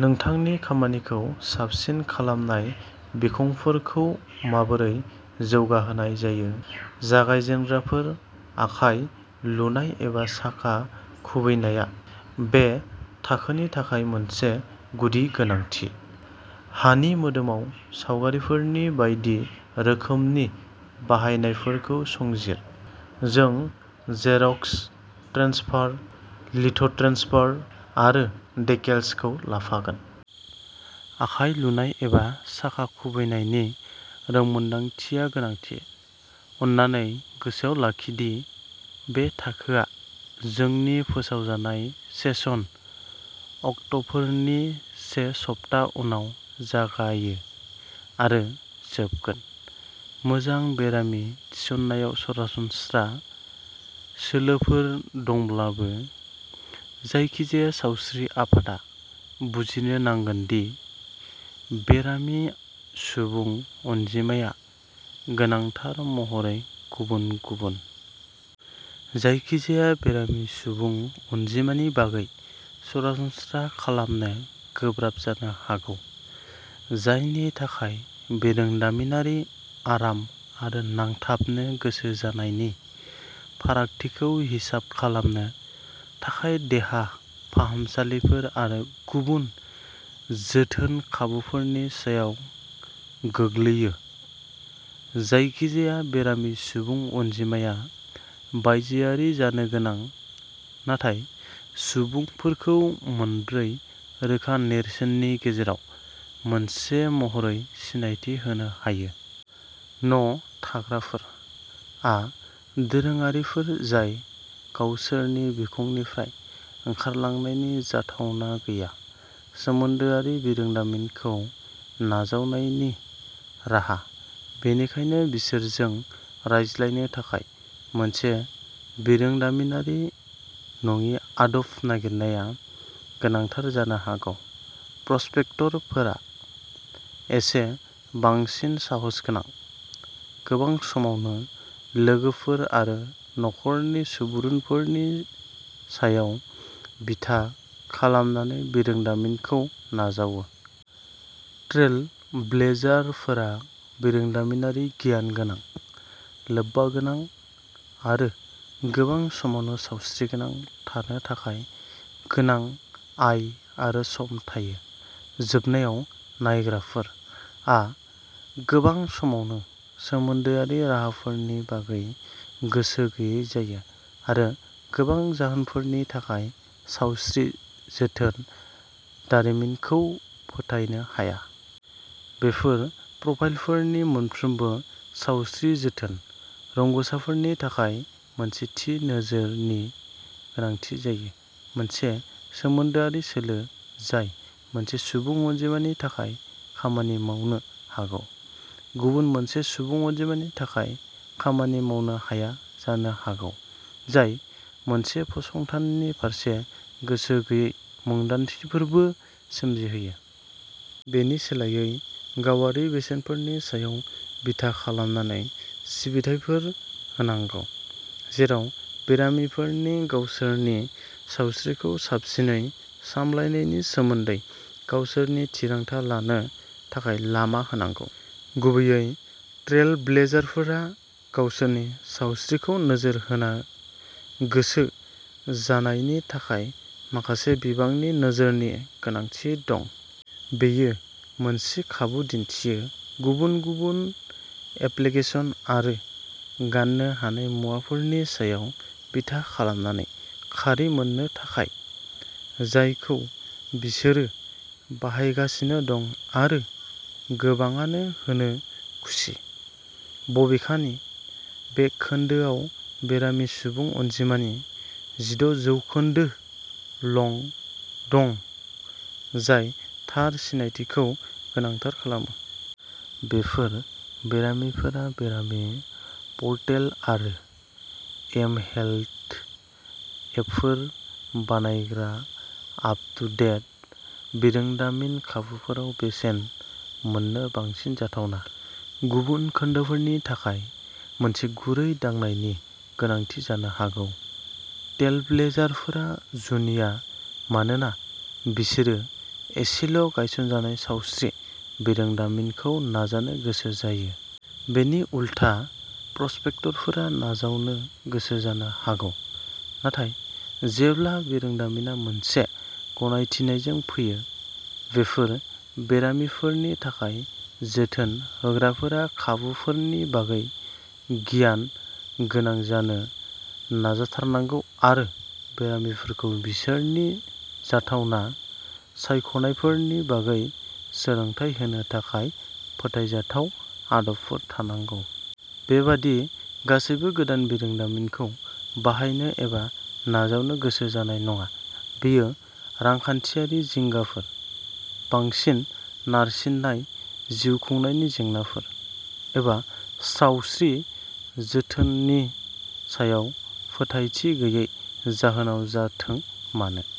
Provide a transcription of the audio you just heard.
नोंथांनि खामानिखौ साबसिन खालामनाय बिखंफोरखौ माबोरै जौगाहोनाय जायो। जागायजेनग्राफोर आखाइ लुनाय एबा साखा खुबैनाया बे थाखोनि थाखाय मोनसे गुदि गोनांथि। हानि मोदोमाव सावगारिफोरनि बायदि रोखोमनि बाहायनायफोरखौ संजिर। जों जेरक्स ट्रेन्सफार, लिथ'ट्रेन्सफार आरो डेकेल्सखौ लाफागोन। आखाइ लुनाय एबा साखा खुबैनायनि रोंमोनदांथिया गोनांथि। अन्नानै गोसोआव लाखि दि बे थाखोआ जोंनि फोसावजानाय सेसन अक्टफोरनि से सप्ता उनाव जागायो आरो जोबगोन। मोजां बेरामि थिसननायाव सरासनस्रा सोलोफोर दंब्लाबो, जायखिजाया सावस्रि आफादा बुजिनो नांगोन दि बेरामि सुबुं अनजिमाया गोनांथार महरै गुबुन-गुबुन। जायखिजाया बेरामि सुबुं अनजिमानि बागै सरासनस्रा खालामनो गोब्राब जानो हागौ, जायनि थाखाय बिरोंदामिनारि आराम आरो नांथाबनो गोसो जानायनि फारागथिखौ हिसाब खालामनो थाखाय देहा फाहामसालिफोर आरो गुबुन जोथोन खाबुफोरनि सायाव गोग्लैयो। जायखिजाया बेरामि सुबुं अनजिमाया बायजोआरि जानो गोनां, नाथाय सुबुंफोरखौ मोनब्रै रोखा नेरसोननि गेजेराव मोनसे महरै सिनायथि होनो हायो। "न'थाग्राफोर" आ दोरोङारिफोर जाय गावसोरनि बिखंनिफ्राय ओंखारलांनायनि जाथावना गैया। सोमोन्दोआरि बिरोंदामिनखौ नाजावनायनि राहा-बेनिखायनो बिसोरजों रायज्लायनो थाखाय मोनसे बिरोंदामिनारि नङि आदब नागिरनाया गोनांथार जानो हागौ। "प्रस्पेक्टर" फोरा एसे बांसिन साहसगोनां, गोबां समावनो लोगोफोर आरो नखरनि सुबुरुनफोरनि सायाव बिथा खालामनानै बिरोंदामिनखौ नाजावो। "ट्रेलब्लेजार" फोरा बिरोंदामिनारि गियान गोनां, लोब्बा गोनां, आरो गोबां समावनो सावस्रिगोनां थानो थाखाय गोनां आय आरो सम थायो। जोबनायाव, "नायग्राफोर" आ गोबां समावनो सोमोन्दोआरि राहाफोरनि बागै गोसो गैयै जायो, आरो गोबां जाहोनफोरनि थाखाय सावस्रि जोथोन दारिमिनखौ फोथायनो हाया। बेफोर प्रफाइलफोरनि मोनफ्रोमबो सावस्रि जोथोन रोंग'साफोरनि थाखाय मोनसे थि नोजोरनि गोनांथि जायो। मोनसे सोमोन्दोआरि सोलो जाय मोनसे सुबुं अनजिमानि थाखाय खामानि मावनो हागौ, गुबुन मोनसे सुबुं अनजिमानि थाखाय खामानि मावनो हाया जानो हागौ, जाय मोनसे फसंथाननि फारसे गोसो गैयै मोन्दांथिफोरबो सोमजिहोयो। बेनि सोलायै, गावारि बेसेनफोरनि सायाव बिथा खालामनानै सिबिथाइफोर होनांगौ, जेराव बेरामिफोरनि गावसोरनि सावस्रिखौ साबसिनै सामलायनायनि सोमोन्दै गावसोरनि थिरांथा लानो थाखाय लामा होनांगौ। गुबैयै, ट्रेलब्लेजारफोरा गावसोरनि सावस्रिखौ नोजोर होनो गोसो जानायनि थाखाय माखासे बिबांनि नोजोरनि गोनांथि दं। बेयो मोनसे खाबु दिन्थियो। गुबुन गुबुन एप्लिकेसन आरो गान्नो हानाय मुवाफोरनि सायाव बिथा खालामनानै खारि मोननो थाखाय, जायखौ बिसोरो बाहायगासिनो दं आरो गोबांआनो होनो खुसि। बबेखानि, बे खोन्दोआव बेरामि सुबुं अनजिमानि जिद' जौखोन्दो लं दं, जाय थार सिनायथिखौ गोनांथार खालामो। बेफोर बेरामिफोरा बेरामि पर्टेल आरो एमहेल्थ एपफोर बानायग्रा आप-टु-डेट बिरोंदामिननि खाबुफोराव बेसेन मोन्नो बांसिन जाथावना। गुबुन खोन्दोफोरनि थाखाय, मोनसे गुरै दांनायनि गोनांथि जानो हागौ। ट्रेलब्लेजारफोरा जुनिया मानोना बिसोरो एसेल'गायसनजानाय सावस्रि बिरोंदामिनखौ नाजानो गोसो जायो। बिनि उलथा, प्रस्पेक्टरफोरा नाजावनो गोसो जानो हागौ, नाथाय जेब्ला बिरोंदामिनआ मोनसे गनायथिनायजों फैयो। बेफोर बेरामिफोरनि थाखाय, जोथोन होग्राफोरा खाबुफोरनि बागै गियान गोनां जानो नाजाथारनांगौ आरो बेरामिफोरखौ बिसोरनि जाथावना सायख'नायफोरनि बागै सोलोंथाय होनो थाखाय फोथायजाथाव आदबफोर थानांगौ। बेबादि, गासैबो गोदान बिरोंदामिनखौ बाहायनो एबा नाजावनो गोसो जानाय नङा। बेयो रांखान्थियारि जिंगाफोर, बांसिन नारसिननाय जिउखुंनायनि जेंनाफोर, एबा सावस्रि जोथोननि सायाव फोथायथि गैयैनि जाहोनाव जाथों मानो,